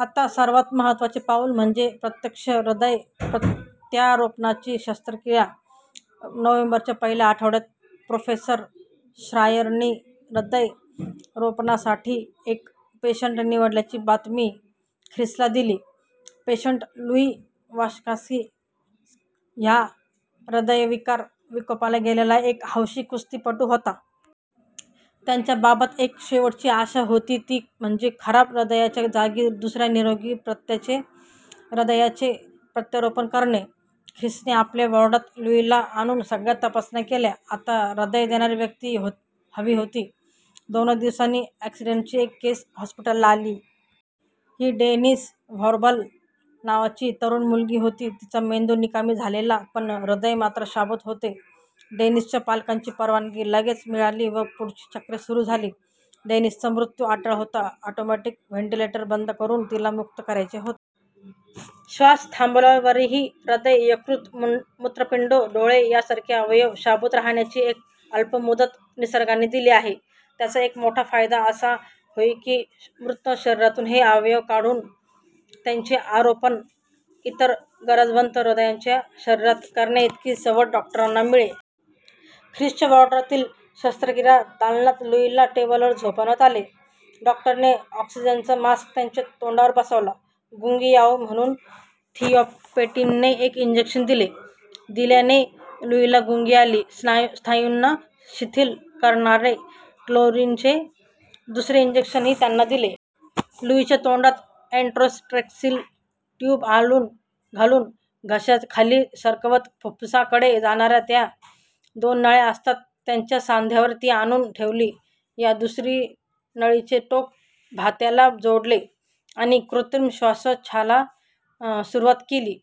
आता सर्वात महत्त्वाचे पाऊल म्हणजे प्रत्यक्ष हृदय प्रत्यारोपणाची शस्त्रक्रिया. नोव्हेंबरच्या पहिल्या आठवड्यात प्रो. श्रायरनी हृदय रोपणासाठी एक पेशंट निवडल्याची बातमी ख्रिसला दिली. पेशंट लुई वॉश्कान्स्की हा हृदयविकार विकोपाला गेलेला एक हौशी कुस्तीपटू होता. त्याच्याबाबत एकच शेवटची आशा होती, ती म्हणजे खराब हृदयाच्या जागी दुसऱ्या निरोगी हृदयाचे प्रत्यारोपण करणे. ख्रिसने आपल्या वॉर्डात लुईला आणून सगळ्या तपासण्या केल्या. आता हृदय देणारी व्यक्ती हवी होती. दोनच दिवसांनी अॅक्सिडेंटची एक केस हॉस्पिटलमध्ये आली. ही डेनिस डॉर्व्हाल नावाची तरुण मुलगी होती, तिचा मेंदू निकामी झालेला, पण हृदय मात्र शाबूत होते. डेनिसच्या पालकांची परवानगी लगेच मिळाली व पुढची चक्रे सुरू झाली. डेनिसचा मृत्यू अटळ होता. ऑटोमॅटिक व्हेंटिलेटर बंद करून तिला मुक्त करायचे होते. श्वास थांबल्यावरही हृदय, यकृत, मूत्रपिंड, डोळे यांसारखे अवयव शाबूत राहण्याची अल्प मुदत निसर्गाने दिली आहे. त्याचा एक मोठा फायदा असा होई की, मृत शरीरातून हे अवयव काढून त्यांचे आरोपण इतर गरजवंत रुग्णांच्या शरीरात करण्याइतकी सवड डॉक्टरांना मिळे. ख्रिसच्या वॉर्डातील शस्त्रक्रिया दालनात लुईला टेबलवर झोपवण्यात आले. डॉक्टरने ऑक्सिजनचा मास्क त्याच्या तोंडावर बसवला. गुंगी यावी म्हणून थिओपेंटिनचे एक इंजेक्शन दिले. दिल्याने लुईला गुंगी आली. स्नायूंना शिथिल करणारे स्कोलिनचे दुसरे इंजेक्शनही त्याला दिले. लुईच्या तोंडात एन्डोट्रॅकिअल ट्यूब घालून घशाखाली सरकवत फुप्फुसाकडे जाणाऱ्या ज्या दोन नळ्या असतात, त्याच्या सांध्यावर ती आणून ठेवली. या नळीचे दुसरे टोक भात्याला जोडले आणि कृत्रिम श्वासोच्छ्वासाला सुरुवात केली.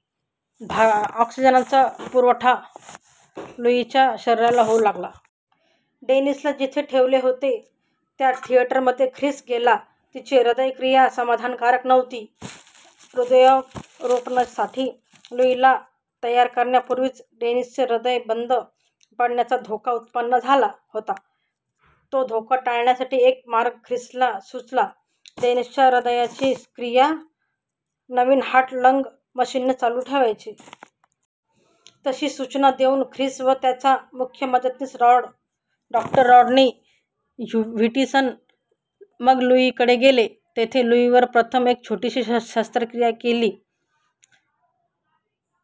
ऑक्सिजनचा पुरवठा लुईच्या शरीराला होऊ लागला. डेनिसला जिथे ठेवले होते, त्या थिएटरमध्ये ख्रिस गेला. तिची हृदयक्रिया समाधानकारक नव्हती. हृदयरोपणासाठी लुईला तयार करण्यापूर्वीच डेनिसचे हृदय बंद पडण्याचा धोका उत्पन्न झाला होता. तो धोका टाळण्यासाठी एक मार्ग ख्रिसला सुचला. डेनिसच्या हृदयाची क्रिया नवीन हार्ट लंग मशीनने चालू ठेवायची. तशा सूचना देऊन ख्रिस व त्याचा मुख्य मदतनीस डॉ. रॉडनी ह्युविटसन मग लुईकडे गेले. तेथे लुईवर प्रथम एक छोटीशी शस्त्रक्रिया केली गेली.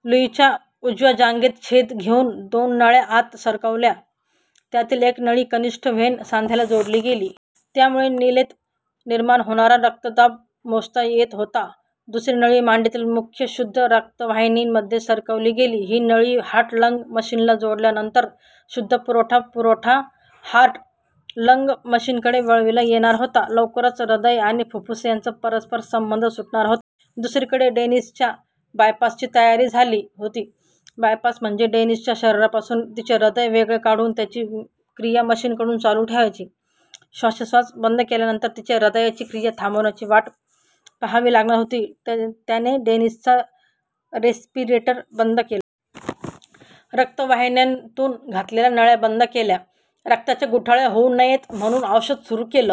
लुईच्या उजव्या जांघेत छेद घेऊन दोन नळ्या आत सरकवल्या. त्यातील एक नळी, कनिष्ठ व्हेन सांध्याला जोडली गेली. त्यामुळे नीलेत निर्माण होणारा रक्तदाब मोजता येत होता. दुसरी नळी मांडीतील मुख्य शुद्ध रक्तवाहिनीमध्ये सरकवली गेली. ही नळी हार्ट लंग मशिनला जोडल्यानंतर शुद्ध रक्ताचा पुरवठा हार्ट लंग मशीनकडे वळविता येणार होता. लवकरच हृदय आणि फुप्फुस यांचा परस्परसंबंध सुटणार होता. दुसरीकडे डेनिसच्या बायपासची तयारी झाली होती. बायपास म्हणजे डेनिसच्या शरीरापासून तिचे हृदय वेगळं काढून त्याची क्रिया मशीनकडून चालू ठेवायची. श्वासोच्छ्वास बंद केल्यानंतर तिच्या हृदयाची क्रिया थांबण्याची वाट पाहावी लागणार होती. त्याने डेनिसचा रेस्पिरेटर बंद केला. रक्तवाहिन्यांतून घातलेल्या नळ्या बंद केल्या. रक्ताच्या गुठळ्या होऊ नयेत म्हणून औषध सुरू केलं.